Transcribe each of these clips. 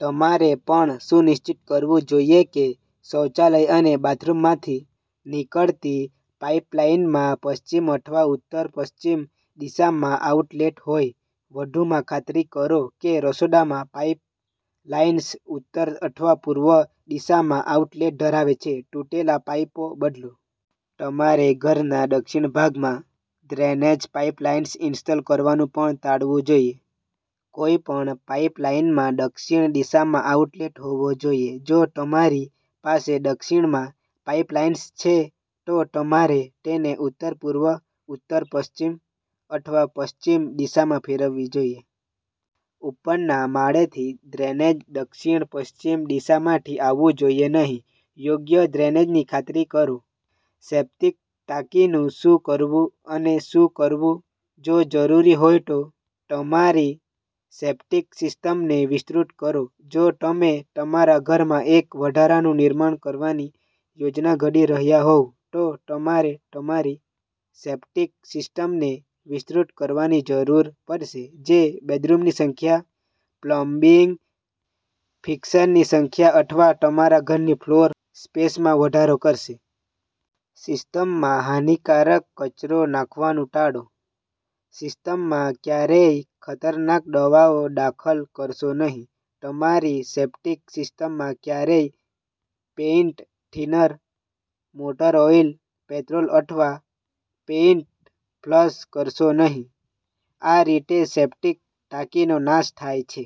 તમારે પણ સુનિશ્ચિત કરવું જોઈએ કે શૌચાલય અને બાથરૂમમાંથી નીકળતી પાઇપલાઇનમાં પશ્ચિમ અથવા ઉત્તર પશ્ચિમ દિશામાં આઉટલેટ હોય. વધુમાં, ખાતરી કરો કે રસોડામાં પાઇપલાઇન્સ ઉત્તર અથવા પૂર્વ દિશામાં આઉટલેટ ધરાવે છે. તૂટેલા પાઈપો બદલો. તમારે ઘરના દક્ષિણ ભાગમાં ડ્રેનેજ પાઇપલાઇન્સ ઇન્સ્ટોલ કરવાનું પણ ટાળવું જોઈએ. કોઈપણ પાઈપલાઈનમાં દક્ષિણ દિશામાં આઉટલેટ હોવો જોઈએ. જો તમારી પાસે દક્ષિણમાં પાઇપલાઇન્સ છે, તો તમારે તેને ઉત્તર, પૂર્વ, ઉત્તરપશ્ચિમ અથવા પશ્ચિમ દિશામાં ફેરવવી જોઈએ. ઉપરના માળેથી ડ્રેનેજ દક્ષિણ-પશ્ચિમ દિશામાંથી આવવું જોઈએ નહીં. યોગ્ય ડ્રેનેજની ખાતરી કરો. સેપ્ટિક ટાંકીનું શું કરવું અને શું કરવું. જો જરૂરી હોય તો, તમારી સેપ્ટિક સિસ્ટમને વિસ્તૃત કરો. જો તમે તમારા ઘરમાં એક વધારાનું નિર્માણ કરવાની યોજના ઘડી રહ્યા હોવ, તો તમારે તમારી સેપ્ટિક સિસ્ટમને વિસ્તૃત કરવાની જરૂર પડશે, જે બેડરૂમની સંખ્યા, પ્લમ્બિંગ ફિક્સરની સંખ્યા અથવા તમારા ઘરની ફ્લોર સ્પેસમાં વધારો કરશે. સિસ્ટમમાં હાનિકારક કચરો નાખવાનું ટાળો. સિસ્ટમમાં ક્યારેય ખતરનાક દવાઓ દાખલ કરશો નહીં. તમારી સેપ્ટિક સિસ્ટમમાં ક્યારેય paint thinner, motor oil, petrol અથવા પેઇન્ટ ફ્લશ કરશો નહીં. આ રીતે સેપ્ટિક ટાંકીનો નાશ થાય છે.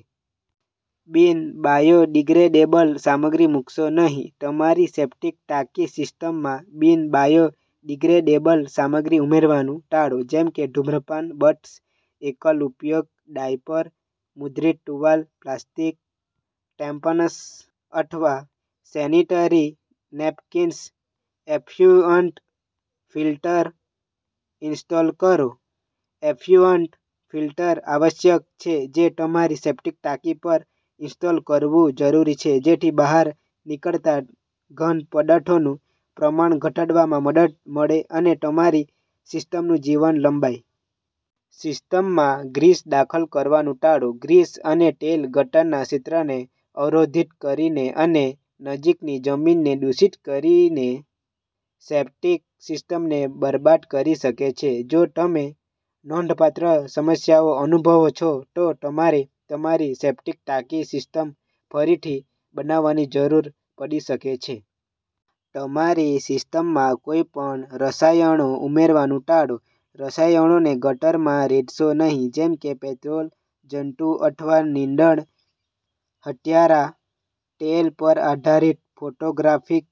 બિન-બાયોડિગ્રેડેબલ સામગ્રી મૂકશો નહીં. તમારી સેપ્ટિક ટાંકી સિસ્ટમમાં બિન-બાયોડિગ્રેડેબલ સામગ્રી ઉમેરવાનું ટાળો, જેમ કે ધુમ્રપાન બટ્સ, એકલ-ઉપયોગ ડાયપર, મુદ્રિત ટુવાલ, પ્લાસ્ટિક, ટેમ્પન્સ અથવા sanitary napkins. Effluent filter install કરો. એફ્લુઅન્ટ ફિલ્ટર આવશ્યક છે, જે તમારી સેપ્ટિક ટાંકી પર ઇન્સ્ટોલ કરવું જરૂરી છે જેથી બહાર નીકળતા ઘન પદાર્થોનું પ્રમાણ ઘટાડવામાં મદદ મળે અને તમારી સિસ્ટમનું જીવન લંબાય. સિસ્ટમમાં ગ્રીસ દાખલ કરવાનું ટાળો. ગ્રીસ અને તેલ ગટરના ક્ષેત્રને અવરોધિત કરીને અને નજીકની જમીનને દૂષિત કરીને સેપ્ટિક સિસ્ટમને બરબાદ કરી શકે છે. જો તમે નોંધપાત્ર સમસ્યાઓ અનુભવો છો, તો તમારે તમારી સેપ્ટિક ટાંકી સિસ્ટમ ફરીથી બનાવવાની જરૂર પડી શકે છે. તમારી સિસ્ટમમાં કોઈપણ રસાયણો ઉમેરવાનું ટાળો. રસાયણોને ગટરમાં રેડશો નહીં, જેમ કે પેટ્રોલ, જંતુ અથવા નીંદણ હત્યારા, તેલ પર આધારિત ફોટોગ્રાફિક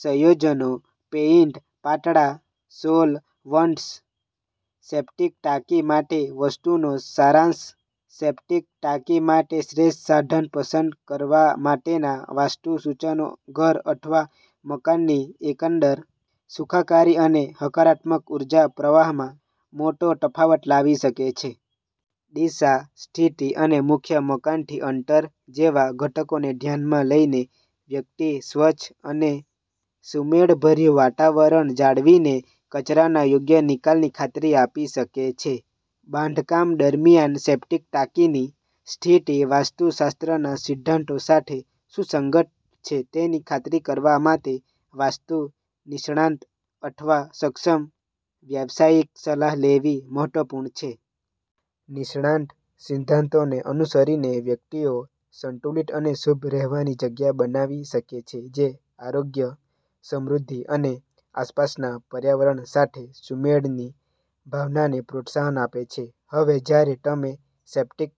સંયોજનો, પેઇન્ટ પાતળા સોલવન્ટ્સ. સેપ્ટિક ટાંકી માટે વાસ્તુનો સારાંશ. સેપ્ટિક ટાંકી માટે શ્રેષ્ઠ સ્થાન પસંદ કરવા માટેના વાસ્તુ સૂચનો ઘર અથવા મકાનની એકંદર સુખાકારી અને હકારાત્મક ઊર્જા પ્રવાહમાં મોટો તફાવત લાવી શકે છે. દિશા, સ્થિતિ અને મુખ્ય મકાનથી અંતર જેવા ઘટકોને ધ્યાનમાં લઈને, વ્યક્તિ સ્વચ્છ અને સુમેળભર્યું વાતાવરણ જાળવીને કચરાના યોગ્ય નિકાલની ખાતરી આપી શકે છે. બાંધકામ દરમિયાન, સેપ્ટિક ટાંકીની સ્થિતિ વાસ્તુશાસ્ત્રના સિદ્ધાંતો સાથે સુસંગત છે તેની ખાતરી કરવા માટે વાસ્તુ નિષ્ણાત અથવા સક્ષમ વ્યાવસાયિકની સલાહ લેવી મહત્વપૂર્ણ છે. નિષ્ણાત સિદ્ધાંતોને અનુસરીને વ્યક્તિઓ સંતુલિત અને શુભ રહેવાની જગ્યા બનાવી શકે છે, જે આરોગ્ય, સમૃદ્ધિ અને આસપાસના પર્યાવરણ સાથે સુમેળની ભાવનાને પ્રોત્સાહન આપે છે. હવે જ્યારે તમે સેપ્ટિક